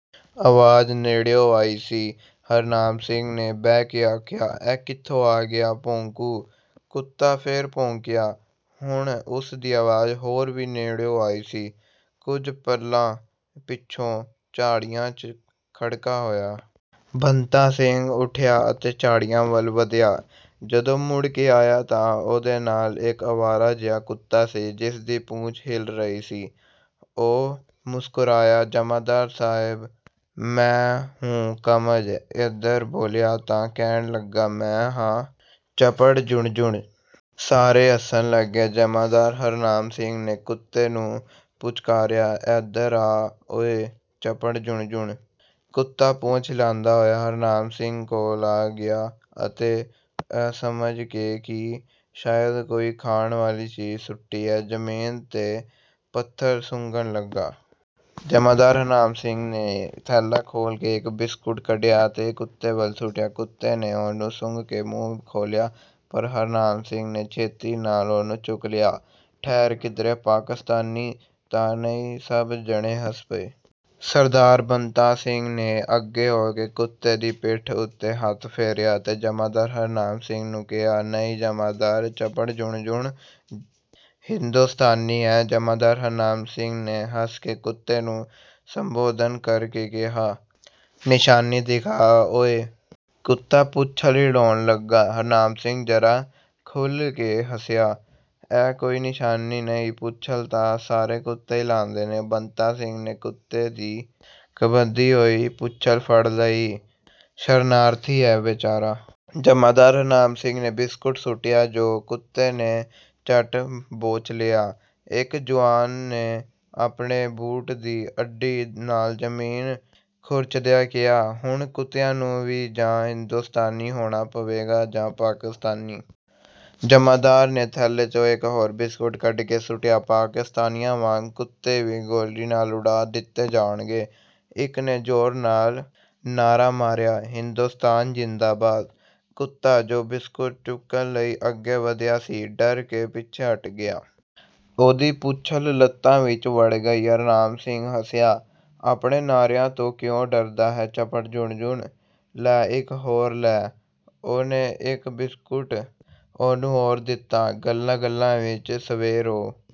ਆਵਾਜ਼ ਨੇੜਿਓਂ ਆਈ ਸੀ। ਹਰਨਾਮ ਸਿੰਘ ਨੇ ਬਹਿ ਕੇ ਆਖਿਆ, "ਇਹ ਕਿਥੋਂ ਆ ਗਿਆ ਭੌਂਕੂ?" ਕੁੱਤਾ ਫਿਰ ਭੌਂਕਿਆ। ਹੁਣ ਉਸ ਦੀ ਆਵਾਜ਼ ਹੋਰ ਵੀ ਨੇੜਿਓਂ ਆਈ ਸੀ। ਕੁੱਝ ਪਲਾਂ ਪਿਛੋਂ ਝਾੜੀਆਂ 'ਚ ਖੜਕਾ ਹੋਇਆ। ਬੰਤਾ ਸਿੰਘ ਉਠਿਆ ਅਤੇ ਝਾੜੀਆਂ ਵੱਲ ਵਧਿਆ। ਜਦੋਂ ਮੁੜ ਕੇ ਆਇਆ ਤਾਂ ਉਹਦੇ ਨਾਲ ਇਕ ਅਵਾਰਾ ਜਿਹਾ ਕੁੱਤਾ ਸੀ, ਜਿਸਦੀ ਪੂਛ ਹਿੱਲ ਰਹੀ ਸੀ। ਉਹ ਮੁਸਕਰਾਇਆ, "ਜਮਾਂਦਾਰ ਸਾਹਿਬ! ਮੈਂ 'ਹੂ ਕਮਜ਼ ਇਧਰ' ਬੋਲਿਆ ਤਾਂ ਕਹਿਣ ਲੱਗਾ, ਮੈਂ ਹਾਂ ਚਪੜਝੁਣਝੁਣ।" ਸਾਰੇ ਹੱਸਣ ਲੱਗੇ। ਜਮਾਂਦਾਰ ਹਰਨਾਮ ਸਿੰਘ ਨੇ ਕੁੱਤੇ ਨੂੰ ਪੁਚਕਾਰਿਆ, "ਇਧਰ ਆ ਓਏ ਚਪੜਝੁਣਝੁਣ।" ਕੁੱਤਾ ਪੂਛ ਹਿਲਾਂਦਾ ਹੋਇਆ ਹਰਨਾਮ ਸਿੰਘ ਦੇ ਕੋਲ ਆ ਗਿਆ ਅਤੇ ਇਹ ਸਮਝ ਕੇ ਕਿ ਸ਼ਾਇਦ ਕੋਈ ਖਾਣ ਵਾਲੀ ਚੀਜ਼ ਸੁੱਟੀ ਹੈ, ਜ਼ਮੀਨ ਦੇ ਪੱਥਰ ਸੁੰਘਣ ਲੱਗਾ। ਜਮਾਂਦਾਰ ਹਰਨਾਮ ਸਿੰਘ ਨੇ ਥੈਲਾ ਖੋਲ੍ਹ ਕੇ ਇਕ ਬਿਸਕੁਟ ਕੱਢਿਆ ਅਤੇ ਕੁੱਤੇ ਵੱਲ ਸੁੱਟਿਆ। ਕੁੱਤੇ ਨੇ ਉਹਨੂੰ ਸੁੰਘ ਕੇ ਮੂੰਹ ਖੋਲ੍ਹਿਆ, ਪਰ ਹਰਨਾਮ ਸਿੰਘ ਨੇ ਛੇਤੀ ਨਾਲ ਉਹਨੂੰ ਚੁੱਕ ਲਿਆ। ਠਹਿਰ, ਕਿਧਰੇ ਪਾਕਿਸਤਾਨੀ ਤਾਂ ਨਹੀਂ, ਸਭ ਜਣੇ ਹੱਸ ਪਏ। ਸਰਦਾਰ ਬੰਤਾ ਸਿੰਘ ਨੇ ਅੱਗੇ ਹੋ ਕੇ ਕੁੱਤੇ ਦੀ ਪਿੱਠ ਉਤੇ ਹੱਥ ਫੇਰਿਆ ਅਤੇ ਜਮਾਂਦਾਰ ਹਰਨਾਮ ਸਿੰਘ ਨੂੰ ਕਿਹਾ, "ਨਹੀਂ ਜਮਾਂਦਾਰ, ਚਪੜਝੁਣਝੁਣ ਹਿੰਦੋਸਤਾਨੀ ਹੈ।" ਜਮਾਂਦਾਰ ਹਰਨਾਮ ਸਿੰਘ ਨੇ ਹੱਸ ਕੇ ਕੁੱਤੇ ਨੂੰ ਸੰਬੋਧਨ ਕਰ ਕੇ ਕਿਹਾ, "ਨਿਸ਼ਾਨੀ ਦਿਖਾ ਓਏ?" ਕੁੱਤਾ ਪੂਛਲ ਹਿਲਾਉਣ ਲੱਗਾ। ਹਰਨਾਮ ਸਿੰਘ ਜ਼ਰਾ ਖੁੱਲ੍ਹ ਕੇ ਹੱਸਿਆ। "ਇਹ ਕੋਈ ਨਿਸ਼ਾਨੀ ਨਹੀਂ, ਪੂਛਲ ਤਾਂ ਸਾਰੇ ਕੁੱਤੇ ਹਿਲਾਉਂਦੇ ਨੇ।" ਬੰਤਾ ਸਿੰਘ ਨੇ ਕੁੱਤੇ ਦੀ ਕੰਬਦੀ ਹੋਈ ਪੂਛਲ ਫੜ ਲਈ। "ਸ਼ਰਨਾਰਥੀ ਹੈ ਵਿਚਾਰਾ!" ਜਮਾਂਦਾਰ ਹਰਨਾਮ ਸਿੰਘ ਨੇ ਬਿਸਕੁਟ ਸੁੱਟਿਆ, ਜੋ ਕੁੱਤੇ ਨੇ ਝੱਟ ਬੋਚ ਲਿਆ। ਇਕ ਜੁਆਨ ਨੇ ਆਪਣੇ ਬੂਟ ਦੀ ਅੱਡੀ ਨਾਲ ਜ਼ਮੀਨ ਖੁਰਚਦਿਆਂ ਕਿਹਾ, "ਹੁਣ ਕੁੱਤਿਆਂ ਨੂੰ ਵੀ ਜਾਂ ਹਿੰਦੋਸਤਾਨੀ ਹੋਣਾ ਪਵੇਗਾ ਜਾਂ ਪਾਕਿਸਤਾਨੀ!" ਜਮਾਂਦਾਰ ਨੇ ਥੈਲੇ ਚੋਂ ਇਕ ਹੋਰ ਬਿਸਕੁਟ ਕੱਢ ਕੇ ਸੁੱਟਿਆ, "ਪਾਕਿਸਤਾਨੀਆਂ ਵਾਂਗ ਕੁੱਤੇ ਵੀ ਗੋਲੀ ਨਾਲ ਉਡਾ ਦਿੱਤੇ ਜਾਣਗੇ।" ਇਕ ਨੇ ਜ਼ੋਰ ਨਾਲ ਨਾਅਰਾ ਮਾਰਿਆ, "ਹਿੰਦੋਸਤਾਨ ਜ਼ਿੰਦਾਬਾਦ।" ਕੁੱਤਾ ਜੋ ਬਿਸਕੁਟ ਚੁੱਕਣ ਲਈ ਅੱਗੇ ਵਧਿਆ ਸੀ, ਡਰ ਕੇ ਪਿੱਛੇ ਹਟ ਗਿਆ। ਉਹਦੀ ਪੂਛਲ ਲੱਤਾਂ ਵਿਚ ਵੜ ਗਈ। ਹਰਨਾਮ ਸਿੰਘ ਹੱਸਿਆ, "ਆਪਣੇ ਨਾਅਰਿਆਂ ਤੋਂ ਕਿਓਂ ਡਰਦਾ ਹੈਂ ਚਪੜਝੁਣਝੁਣ, ਲੈ ਇਕ ਹੋਰ ਲੈ।" ਉਹਨੇ ਇਕ ਬਿਸਕੁਟ ਉਹਨੂੰ ਹੋਰ ਦਿੱਤਾ। ਗੱਲਾਂ-ਗੱਲਾਂ ਵਿਚ ਸਵੇਰ ਹੋ